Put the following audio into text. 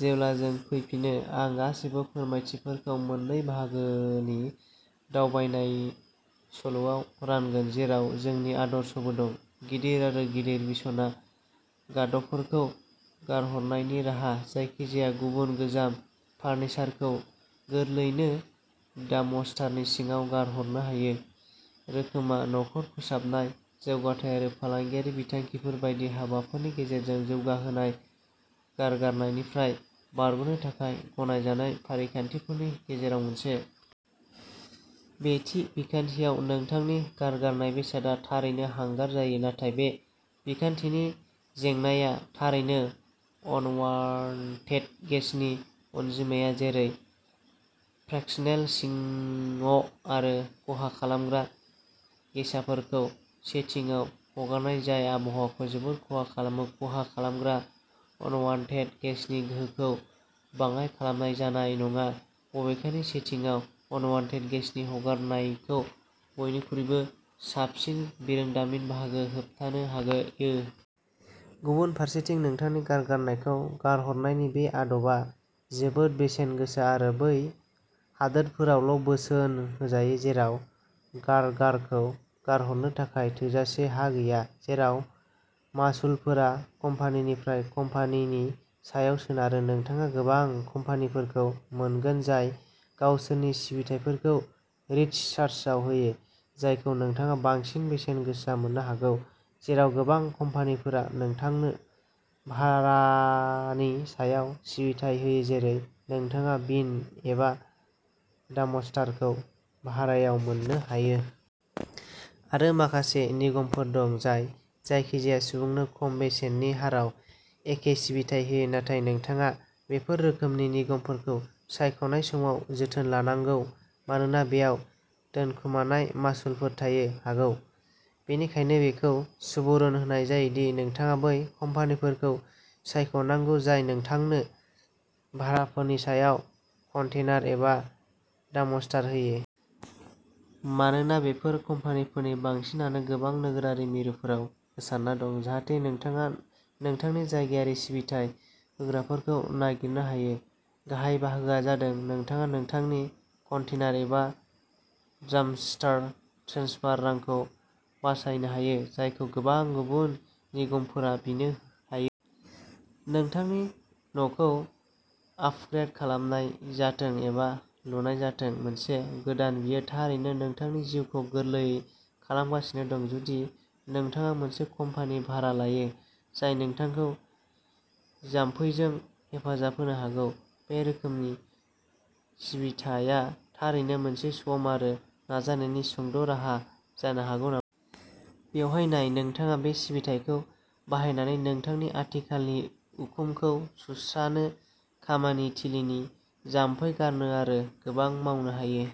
जेब्ला जों फैफिनो, आं गासिबो फोरमायथिफोरखौ मोननै बाहागोनि दावबायनाय सल'आव रानगोन, जेराव जोंनि आदर्शबो दं। गिदिर आरो गिलिर बिसना गादबफोरखौ गारहरनायनि राहा। जायखिजाया गुबुन गोजाम फार्निचारखौ गोरलैयैनो डाम्पस्टारनि सिङाव गारहरनो हायो। रोखोमआ न'खर फोसाबनाय, जौगाथाय आरो फालांगियारि बिथांखिफोर बायदि हाबाफोरनि गेजेरजों जौगाहोजानाय गारगारनायनिफ्राय बारग'नो थाखाय गनायजानाय फारिखान्थिफोरनि गेजेराव मोनसे। बे थि बिखान्थियाव नोंथांनि गारगारनाय बेसादआ थारैनो हांगार जायो, नाथाय बे बिखान्थिनि जेंनाआ थारैनो अनवान्टेड गेसनि अनजिमा जेरै फ्रेक्सनेल सिअ' आरो खहा खालामग्रा गेसाफोरखौ सेटिंआव हगारनाय जाया आबहावाखौ जोबोद खहा खालामो। खहा खालामग्रा अनवान्टेड गेसनि गोहोमखौ बाङाय खालामनाय जानाय नङा, बबेखानि सेटिंआव अनवान्टेड गेसनि हगारनायखौ बयनिख्रुइबो साबसिन बिरोंदामिन बाहायनानै होबथानो हायो। गुबुन फारसेथिं नोंथांनि गारगारनायखौ गारहरनायनि बे आदबा जोबोद बेसेन गोसा आरो बै हादोरफोरावल'बोसोन होजायो जेराव गारगारखौ गारहरनो थाखाय थोजासे हा गैया। जेराव मासुलफोरा कम्पानिनिफ्राय कम्पानिनि सायाव सोनारो। नोंथाङा गोबां कम्पानिफोरखौ मोनगोन जाय गावसोरनि सिबिथाइफोरखौ रिप्ड चार्जआव होयो, जायखौ नोंथाङा बांसिन बेसेन गोसा मोननो हागौ, जेराव गोबां कम्पानिफोरा नोंथांनो भारानि सायाव सिबिथाइ होयो, जेरै नोंथाङा बिन एबा डाम्पस्टारखौ भारायाव मोननो हायो। आरो माखासे निगमफोर दं, जाय जायखिजाया सुबुंनो खम बेसेननि हाराव एखे सिबिथाइ होयो, नाथाय नोंथाङा बेफोर रोखोमनि निगमफोरखौ सायख'नाय समाव जोथोन लानांगौ मानोना बेयाव दोनखोमानाय मासुलफोर थानो हागौ। बेनिखायनो बेखौ सुबुरुन होनाय जायो दि नोंथाङा बै कम्पानिफोरखौ सायख'नांगौ जाय नोंथांनो भाराफोरनि सायाव कन्टेनार एबा डाम्पस्टार होयो। मानोना बेफोर कम्पानिफोरनि बांसिनानो गोबां नोगोरारि मिरुफोराव गोसारना दं, जाहाथे नोंथाङा नोंथांनि जायगायारि सिबिथाइ होग्राफोरखौ नागिरनो हायो। गाहाय बाहागोआ जादों नोंथाङा नोंथांनि कन्टेनार एबा डाम्पस्टार ट्रेन्सफार रांखौ बासायनो हायो, जायखौ गोबां गुबुन निगमफोरा बिनो हायो। नोंथांनि न'खौ आपग्रेद खालामनाय जाथों एबा लुनाय जाथों। मोनसे गोदान, बेयो थारैनो नोंथांनि जिउखौ गोरलै खालामगासिनो दं, जुदि नोंथाङा मोनसे कम्पानि भारा लायो, जाय नोंथांखौ जामफैजों हेफाजाब होनो हागौ। बे रोखोमनि सिबिथाया थारैनो मोनसे सम आरो नाजानायनि सुंद'राहा जानो हागौ नामा? बेवहाय नाय। नोंथाङा बे सिबिथाइखौ बाहायनानै नोंथांनि आथिखालनि उखुमखौ सुस्रानो, खामानि थिलिनि जामफै गारनो आरो गोबां मावनो हायो।